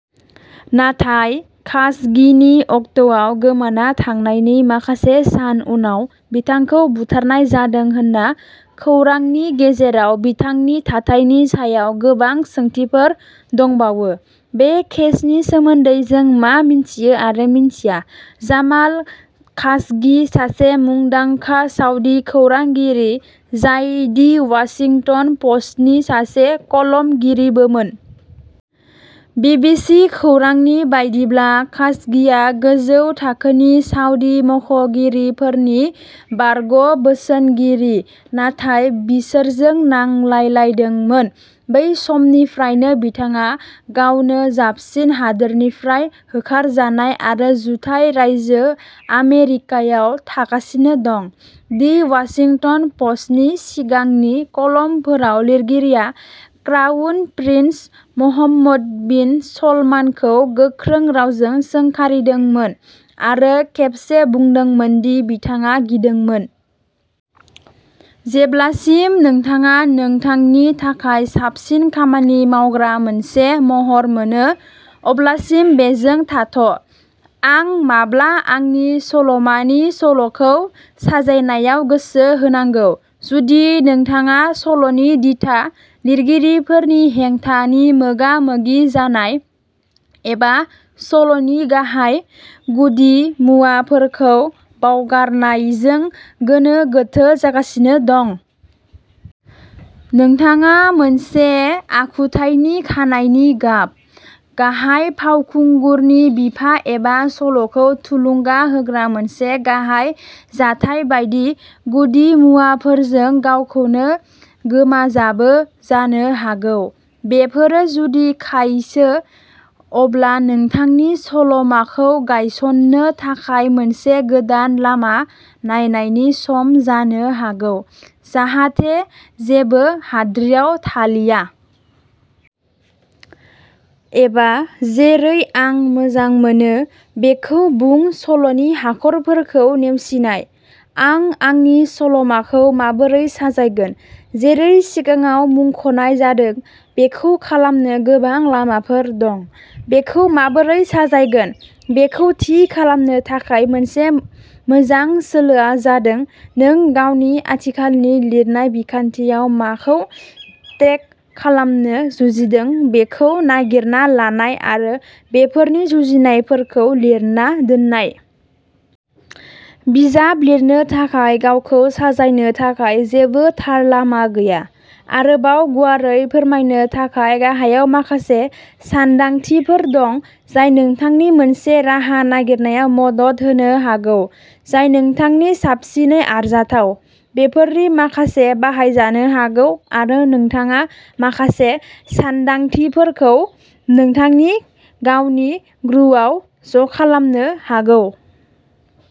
नाथाय खासगि नि अक्ट'आव गोमाना थांनायनि माखासे सान उनाव, बिथांखौ बुथारनाय जादों होनना खौरांनि गेजेराव बिथांनि थाथायनि सायाव गोबां सोंथिफोर दंबावो। बे केसनि सोमोन्दै जों मा मिनथियो-आरो मोनथिया। जामाल खाशगि सासे मुंदांखा साउदी खौरांगिरि, जाय दि वाशिंटन पस्टनि सासे कलमगिरिबोमोन। बिबिसी खौरांनि बायदिब्ला, खाशगिया गोजौ थाखोनि सउदी मावख'गिरिफोरनि बारग'बोसोनगिरि नाथाय बिसोरजों नांलायलायदोंमोन। बै समनिफ्रायनो, बिथाङा "गावनो-जाबसिन" हादोरनिफ्राय होखारजानाय आरो जुथाइ रायजो आमेरिकायाव थागासिनो दं। दि वाशिंटन पस्टनि सिगांनि कलमफोराव, लिरगिरिया क्राउन प्रिन्स महम्मद बिन सलमानखौ गोख्रों रावजों सोंखारिदोंमोन, आरो खेबसे बुंदोंमोन दि बिथाङा गिदोंमोन। जेब्लासिम नोंथाङा नोंथांनि थाखाय साबसिन खामानि मावग्रा मोनसे महर मोनो, अब्लासिम बेजों थाथ'। आं माब्ला आंनि सल'मानि सल'खौ साजायनायाव गोसो होनांगौ? जुदि नोंथाङा सल'नि दिथा, लिरगिरिफोरनि हेंथानि मोगा-मोगि जानाय, एबा सल'नि गाहाय गुदिमुवाफोरखौ बावगारनायजों गोनो-गोथो जागासिनो दं। नोंथाङा मोनसे आखुथायनि खानाइनि गाब, गाहाय फावखुंगुरनि बिफा एबा सल'खौ थुलुंगा होग्रा मोनसे गाहाय जाथाय बायदि गुदिमुवाफोरजों गावखौनो गोमाजाबो जानो हागौ। बेफोरो जुदि खायसो, अब्ला नोंथांनि सल'माखौ गायसननो थाखाय मोनसे गोदान लामा नायनायनि सम जानो हागौ, जाहाथे जेबो हाद्रिआव थालिया। एबा जेरै आं मोजां मोनो। बेखौ बुं-सल'नि हाखरफोरखौ नेवसिनाय। आं आंनि सल'माखौ माबोरै साजायगोन? जेरै सिगाङाव मुंख'नाय जादों, बेखौ खालामनो गोबां लामाफोर दं। बेखौ माबोरै साजायगोन बेखौ थि खालामनो थाखाय मोनसे मोजां सोलोआ जादों नों गावनि आथिखालनि लिरनाय बिखान्थियाव माखौ ट्रेक खालामनो जुजिदों बेखौ नागिरना लानाय आरो बेफोरनि जुजिनायफोरखौ लिरना दोननाय। बिजाब लिरनो थाखाय गावखौ साजायनो थाखाय जेबो थार लामा गैया। आरोबाव गुवारै फोरमायनो थाखाय, गाहायाव माखासे सानदांथिफोर दं जाय नोंथांनि मोनसे राहा नागिरनायाव मदद होनो हागौ जाय नोंथांनि साबसिनै आरजाथाव। बेफोरनि माखासे बाहायजानो हागौ आरो नोंथाङा माखासे सानदांथिफोरखौ नोंथांनि गावनि ग्रुवआव ज'खालामनो हागौ।